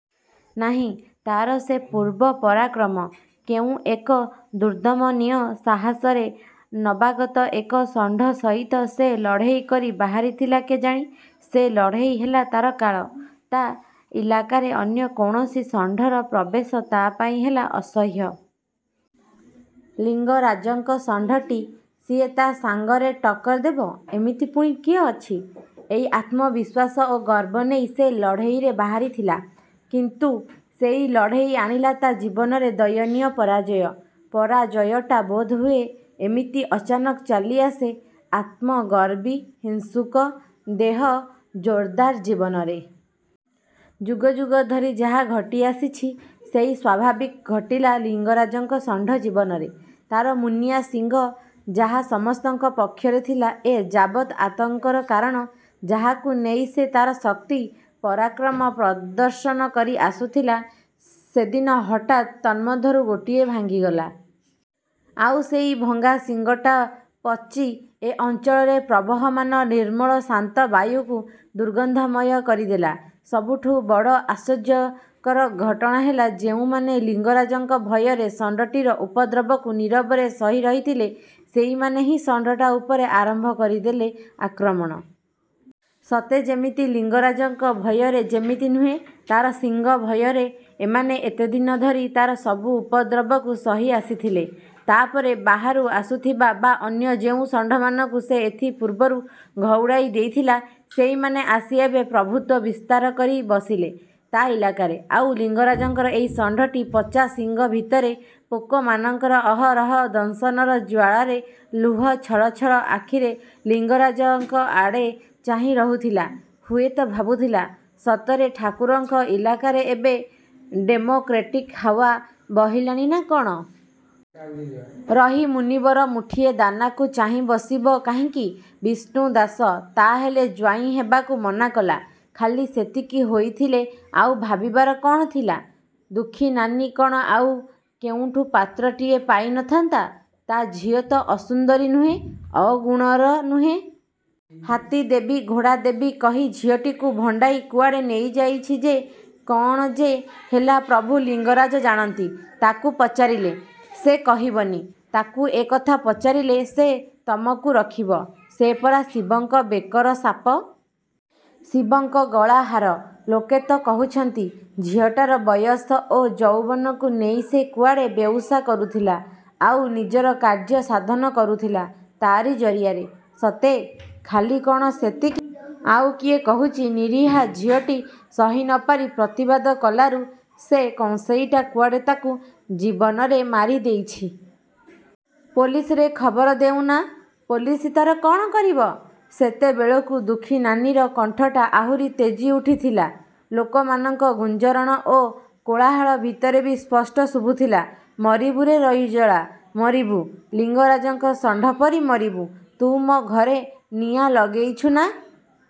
ନାହିଁ ତା'ର ସେ ପୂର୍ବ ପରାକ୍ରମ। କେଉଁ ଏକ ଦୁର୍ଦ୍ଦମନୀୟ ସାହସରେ ନବାଗତ ଏକ ଷଣ୍ଢ ସହିତ ସେ ଲଢ଼େଇ କରି ବାହାରିଥିଲା କେଜାଣି ସେ ଲଢ଼େଇ ହେଲା ତା'ର କାଳ। ତା' ଇଲାକାରେ ଅନ୍ୟ କୌଣସି ଷଣ୍ଢର ପ୍ରବେଶ ତା' ପାଇଁ ହେଲା ଅସହ୍ୟ। ଲିଙ୍ଗରାଜଙ୍କ ଷଣ୍ଢଟି ସିଏ ତା' ସାଙ୍ଗରେ ଟକ୍କର ଦେବ-ଏମିତି ପୁଣି କିଏ ଅଛି? ଏଇ ଆତ୍ମ ବିଶ୍ୱାସ ଓ ଗର୍ବ ନେଇ ସେ ଲଢ଼େଇରେ ବାହାରି ଥିଲା; କିନ୍ତୁ ସେଇ ଲଢ଼େଇ ଆଣିଲା ତା' ଜୀବନରେ ଦୟନୀୟ ପରାଜୟ। ପରାଜୟଟା ବୋଧହୁଏ ଏମିତି ଅଚାନକ ଚାଲି ଆସେ ଆତ୍ମଗର୍ବୀ, ହିଂସୁକ ଦେହ ଜୋର୍ଦାର୍ ଜୀବନରେ। ଯୁଗଯୁଗଧରି ଯାହା ଘଟି ଆସିଛି, ସେଇ ସ୍ଵାଭାବିକ ଘଟିଲା ଲିଙ୍ଗରାଜଙ୍କ ଷଣ୍ଢ ଜୀବନରେ। ତା'ର ମୁନିଆ ଶିଙ୍ଗ ଯାହା ସମସ୍ତଙ୍କ ପକ୍ଷରେ ଥିଲା ଏ ଯାବତ୍ ଆତଙ୍କର କାରଣ, ଯାହାକୁ ନେଇ ସେ ତା'ର ଶକ୍ତି, ପରାକ୍ରମ ପ୍ରଦର୍ଶନ କରି ଆସୁଥିଲା ସେଦିନ ହଠାତ୍ ତନ୍ମଧ୍ୟରୁ ଗୋଟିଏ ଭାଙ୍ଗିଗଲା। ଆଉ ସେଇ ଭଙ୍ଗା ଶିଙ୍ଗଟା ପଚି ଏ ଅଞ୍ଚଳରେ ପ୍ରବହମାନ ନିର୍ମଳ ଶାନ୍ତ ବାୟୁକୁ ଦୂର୍ଗନ୍ଧମୟ କରି ଦେଲା। ସବୁଠୁଁ ବଡ଼ ଆଶ୍ଚର୍ଯ୍ୟକର ଘଟଣା ହେଲା ଯେଉଁମାନେ ଲିଙ୍ଗରାଜଙ୍କ ଭୟରେ ଷଣ୍ଢଟିର ଉପଦ୍ରବକୁ ନୀରବରେ ସହି ରହିଥିଲେ ସେଇମାନେ ହିଁ ଷଣ୍ଢଟା ଉପରେ ଆରମ୍ଭ କରିଦେଲେ ଆକ୍ରମଣ। ସତେ ଯେମିତି ଲିଙ୍ଗରାଜଙ୍କ ଭୟରେ ଯେତିକି ନୁହେଁ, ତା'ର ଶିଙ୍ଗ ଭୟରେ ଏମାନେ ଏତେ ଦିନ ଧରି ତା'ର ସବୁ ଉପଦ୍ରବକୁ ସହି ଆସିଥିଲେ। ତା'ପରେ ବାହାରୁ ଆସୁଥିବା ବା ଅନ୍ୟ ଯେଉଁ ଷଣ୍ଢମାନଙ୍କୁ ସେ ଏଥି ପୂର୍ବରୁ ଘଉଡ଼ାଇ ଦେଇଥିଲା ସେଇମାନେ ଆସି ଏବେ ପ୍ରଭୂତ୍ଵ ବିସ୍ତାର କରି ବସିଲେ ତା' ଇଲାକାରେ, ଆଉ ଲିଙ୍ଗରାଜଙ୍କର ଏଇ ଷଣ୍ଢଟି ପଚା ଶିଙ୍ଗ ଭିତରେ, ପୋକମାନଙ୍କର ଅହରହ ଦଂଶନର ଜ୍ୱାଳାରେ ଲୁହ ଛଳଛଳ ଆଖିରେ ଲିଙ୍ଗରାଜଙ୍କ ଆଡ଼େ ଚାହିଁ ରହୁଥିଲା-ହୁଏତ ଭାବୁଥିଲା, ସତରେ ଠାକୁରଙ୍କ ଇଲାକାରେ ଏବେ ଡେମୋକ୍ରେଟିକ୍ ହାଓ୍ଵା ବହିଲାଣି ନା କ'ଣ? ରହି ମୁନିବର ମୁଠିଏ ଦାନାକୁ ଚାହିଁ ବସିବ କାହିଁକି? 'ବିଷ୍ଣୁ ଦାସ ତା'ହେଲେ ଜ୍ୱାଇଁ ହେବାକୁ ମନା କଲା? ଖାଲି ସେତିକି ହୋଇଥିଲେ ଆଉ ଭାବିବାର କ'ଣ ଥିଲା? ଦୁଃଖୀନାନୀ କ'ଣ ଆଉ କେଉଁଠୁ ପାତ୍ରଟିଏ ପାଇ ନ ଥାନ୍ତା? ତା' ଝିଅ ତ ଅସୁନ୍ଦରୀ ନୁହେଁ, ଅଗୁଣର ନୁହେଁ। ହାତୀ ଦେବି, ଘୋଡ଼ା ଦେବି, କହି ଝିଅଟିକୁ ଭଣ୍ଡାଇ କୁଆଡ଼େ ନେଇ ଯାଇଛି ଯେ କ'ଣ ଯେ ହେଲା ପ୍ରଭୁ ଲିଙ୍ଗରାଜ ଜାଣନ୍ତି। ତାକୁ ପଚାରିଲେ ସେ କହିବନି? ତାକୁ ଏ କଥା ପଚାରିଲେ ସେ ତମକୁ ରଖିବ? ସେ ପରା ଶିବଙ୍କ ବେକର ସାପ। ଶିବଙ୍କ ଗଳାହାର। ଲୋକେ ତ କହୁଛନ୍ତି ଝିଅଟାର ବୟସ ଓ ଯୌବନକୁ ନେଇ ସେ କୁଆଡ଼େ ବେଉସା କରୁଥିଲା ଆଉ ନିଜର କାର୍ଯ୍ୟ ସାଧନ କରୁଥିଲା ତା'ରି ଜରିଆରେ। ସତେ? ଖାଲି କ'ଣ ସେତିକି? ଆଉ କିଏ କହୁଛି ନିରୀହା ଝିଅଟି ସହି ନପାରି ପ୍ରତିବାଦ କଲାରୁ ସେ କଂସେଇଟା କୁଆଡ଼େ ତାକୁ ଜୀବନରେ ମାରିଦେଇଛି। ପୋଲିସରେ ଖବର ଦେଉନା? ପୋଲିସ ତା'ର କ'ଣ କରିବ? ସେତେବେଳକୁ ଦୁଃଖୀନାନୀର କଣ୍ଠଟା ଆହୁରି ତେଜି ଉଠିଥିଲା। ଲୋକମାନଙ୍କ ଗୁଞ୍ଜରଣ ଓ କୋଳାହଳ ଭିତରେ ବି ସ୍ପଷ୍ଟ ଶୁଭୁଥିଲା-ମରିବୁରେ ରଇଜଳା, ମରିବୁ। ଲିଙ୍ଗରାଜଙ୍କ ଷଣ୍ଢ ପରି ମରିବୁ। ତୁ ମୋ' ଘରେ ନିଆଁ ଲଗେଇଛୁ ନା।